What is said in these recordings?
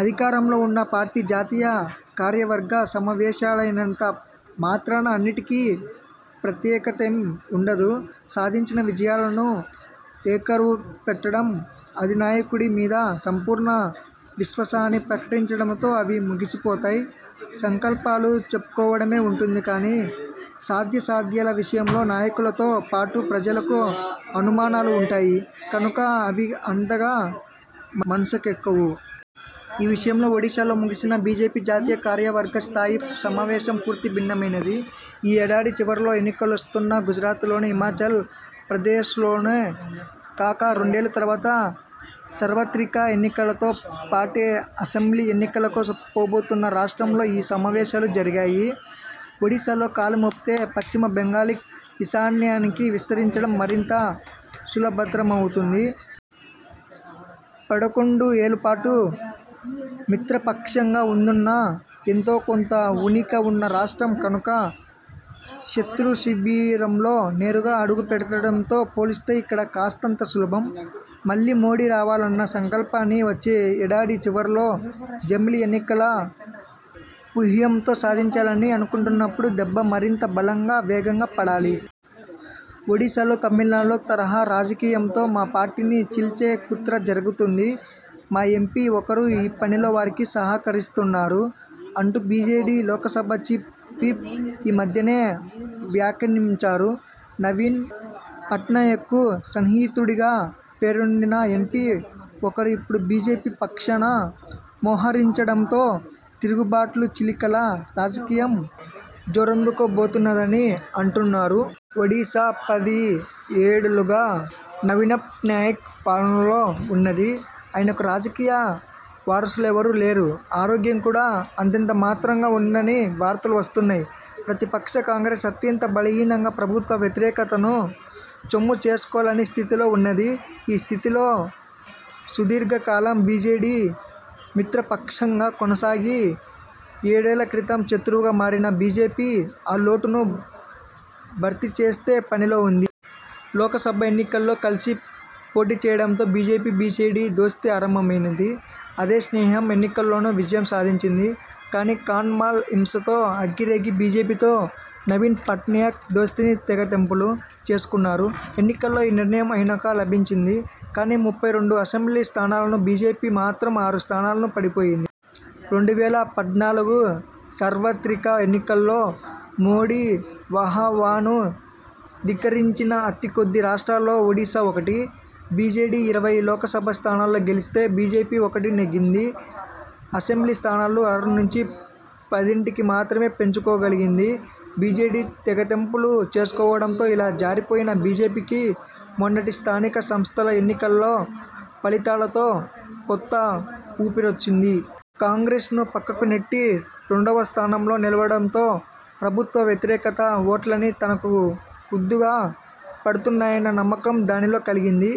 అధికారంలో ఉన్న పార్టీ జాతీయ కార్యవర్గ సమావేశాలైనంత మాత్రాన అన్నింటికీ ప్రత్యేకతేమీ ఉండదు. సాధించిన విజయాలను ఏకరువుపెట్టడం, అధినాయకుడి మీద సంపూర్ణ విశ్వాసాన్ని ప్రకటించడంతో అవి ముగిసిపోతాయి. సంకల్పాలు చెప్పుకోవడమూ ఉంటుంది కానీ, సాధ్యాసాధ్యాల విషయంలో నాయకులతో పాటు ప్రజలకూ అనుమానాలు ఉంటాయి కనుక అవి అంతగా మనసుకెక్కవు. ఈ విషయంలో ఒడిశాలో ముగిసిన బీజేపీ జాతీయ కార్యవర్గ స్థాయి సమావేశం పూర్తి భిన్నమైనది. ఈ ఏడాది చివర్లో ఎన్నికలొస్తున్న గుజరాత్లోనో, హిమాచల్ ప్రదేశ్లోనో కాక, రెండేళ్ళ తరువాత సార్వత్రిక ఎన్నికలతో పాటే అసెంబ్లీ ఎన్నికలకు పోబోతున్న రాష్ట్రంలో ఈ సమావేశాలు జరిగాయి. ఒడిశాలో కాలుమోపితే పశ్చిమబెంగాల్కీ, ఈశాన్యానికీ విస్తరించడం మరింత సులభతరమవుతుంది. పదకొండు ఏళ్ళపాటు మిత్రపక్షంగా ఉన్నందున ఎంతోకొంత ఊనిక వున్న రాష్ట్రం కనుక, శత్రు శిబిరంలో నేరుగా అడుగుపెట్టడంతో పోలిస్తే ఇక్కడ కాస్తంత సులభం. మళ్ళీ మోదీ రావాలన్న సంకల్పాన్ని వచ్చే ఏడాది చివర్లో జమిలి ఎన్నికల వ్యూహంతో సాధించాలని అనుకుంటున్నప్పుడు దెబ్బ మరింత బలంగా వేగంగా పడాలి. 'ఒడిశాలో తమిళనాడు తరహా రాజకీయంతో మా పార్టీని చీల్చే కుట్ర జరుగుతోంది. మా ఎంపీ ఒకరు ఈ పనిలో వారికి సహకరిస్తున్నారు' అంటూ బీజేడీ లోక్సభ చీఫ్ విప్ ఈ మధ్యనే వ్యాఖ్యానించారు. నవీన్ పట్నాయక్కు సన్నిహితుడిగా పేరొందిన ఎంపీ ఒకరు ఇపుడు బీజేపీ పక్షాన మోహరించడంతో తిరుగుబాట్లు, చీలికల రాజకీయం జోరందుకోబోతున్నదని అంటున్నారు. ఒడిశా పదిహేడేళ్ళుగా నవీన్పట్నాయక్ పాలనలో ఉన్నది. ఆయనకు రాజకీయ వారసులెవరూ లేరు. ఆరోగ్యం కూడా అంతంతమాత్రంగా ఉన్నదని వార్తలు వస్తున్నాయి. ప్రతిపక్ష కాంగ్రెస్ అత్యంత బలహీనంగా ప్రభుత్వ వ్యతిరేకతను సొమ్ముచేసుకోలేని స్థితిలో ఉన్నది. ఈ స్థితిలో సుదీర్ఘకాలం బీజేడీ మిత్రపక్షంగా కొనసాగి, ఏడేళ్ళక్రితం శత్రువుగా మారిన బీజేపీ ఆ లోటును భర్తీచేసే పనిలో ఉంది. లోక్సభ ఎన్నికల్లో కలసి పోటీచేయడంతో బీజేపీ–బీజేడీ దోస్తీ ఆరంభమైంది. అదే స్నేహం ఎన్నికల్లోనూ విజయం సాధించింది. కానీ కాంధమాల్ హింసతో అగ్గిరేగి బీజేపీతో నవీన్ పట్నాయక్ దోస్తీని తెగతెంపులు చేసుకున్నారు. ఎన్నికల్లో ఈ నిర్ణయం ఆయనకు లాభించింది కానీ, ముప్పై రెండు అసెంబ్లీ స్థానాలున్న బీజేపీ మాత్రం ఆరు స్థానాలకు పడిపోయింది. రెండు వేల పద్నాలుగుసార్వత్రిక ఎన్నికల్లో మోదీ హవాను ధిక్కరించిన అతికొద్ది రాష్ట్రాల్లో ఒడిశా ఒకటి. బీజేడీ ఇరవై లోక్సభ స్థానాలు గెలిస్తే, బీజేపీ ఒక్కటే నెగ్గింది. అసెంబ్లీ స్థానాలు ఆరునుంచి పదింటికి మాత్రమే పెంచుకోగలిగింది. బీజేడీ తెగతెంపులు చేసుకోవడంతో ఇలా జారిపోయిన బీజేపీకి మొన్నటి స్థానిక సంస్థల ఎన్నికల ఫలితాలతో కొత్త ఊపిరొచ్చింది. కాంగ్రెస్ను పక్కకు నెట్టి రెండవస్థానంలో నిలవడంతో ప్రభుత్వ వ్యతిరేకత ఓట్లన్నీ తనకు కుద్దుగా పడుతున్నాయన్న నమ్మకం దానిలో కలిగింది.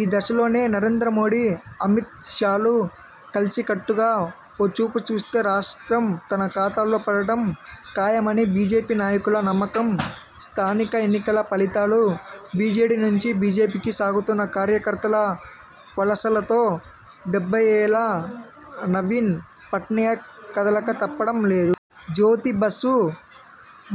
ఈ దశలోనే నరేంద్రమోదీ–అమిత్ షాలు కలసికట్టుగా ఓ చూపుచూస్తే రాష్ట్రం తమ ఖాతాలో పడటం ఖాయమని బీజేపీ నాయకుల నమ్మకం. స్థానిక ఎన్నికల ఫలితాలు, బీజేడీ నుంచి బీజేపీకి సాగుతున్న కార్యకర్తల వలసలతో డెబ్బయ్యేళ్ళ నవీన్ పట్నాయక్ కదలక తప్పడం లేదు. 'జ్యోతిబసు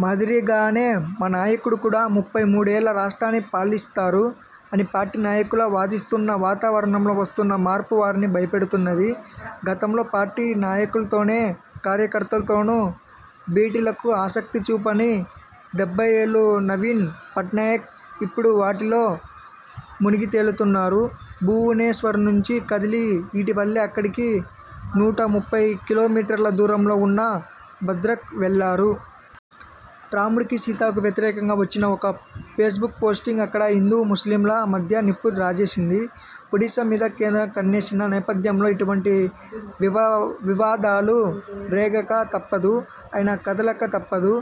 మాదిరిగానే మా నాయకుడు కూడా ముప్పై మూడు ఏళ్ళు రాష్ట్రాన్ని పాలిస్తారు' అని పార్టీ నాయకులు వాదిస్తున్నా వాతావరణంలో వస్తున్న మార్పు వారిని భయపెడుతున్నది. గతంలో పార్టీ నాయకులతోనూ, కార్యకర్తలతోనూ భేటీలకు ఆసక్తి చూపని డెబ్బయ్యేళ్ళ నవీన్ పట్నాయక్ ఇప్పుడు వాటిలో మునిగితేలుతున్నారు. భువనేశ్వర్నుంచి కదిలి ఇటీవలే అక్కడికి నూట ముప్పై కిలోమీటర్ల దూరంలో ఉన్న బద్రక్ వెళ్ళారు. రాముడికీ సీతకూ వ్యతిరేకంగా వచ్చిన ఒక ఫేస్బుక్ పోస్టింగ్ అక్కడ హిందూ ముస్లింల మధ్య నిప్పు రాజేసింది. ఒడిశా మీద కేంద్రం కన్నేసిన నేపథ్యంలో, ఇటువంటి వివాదాలు రేగకా తప్పదు, ఆయన కదలకా తప్పదు.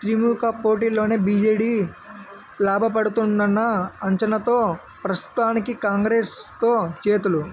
త్రిముఖ పోటీలోనే బీజేడీ లాభపడుతుందన్న అంచనాతో ప్రస్తుతానికి కాంగ్రెస్తో చేతులు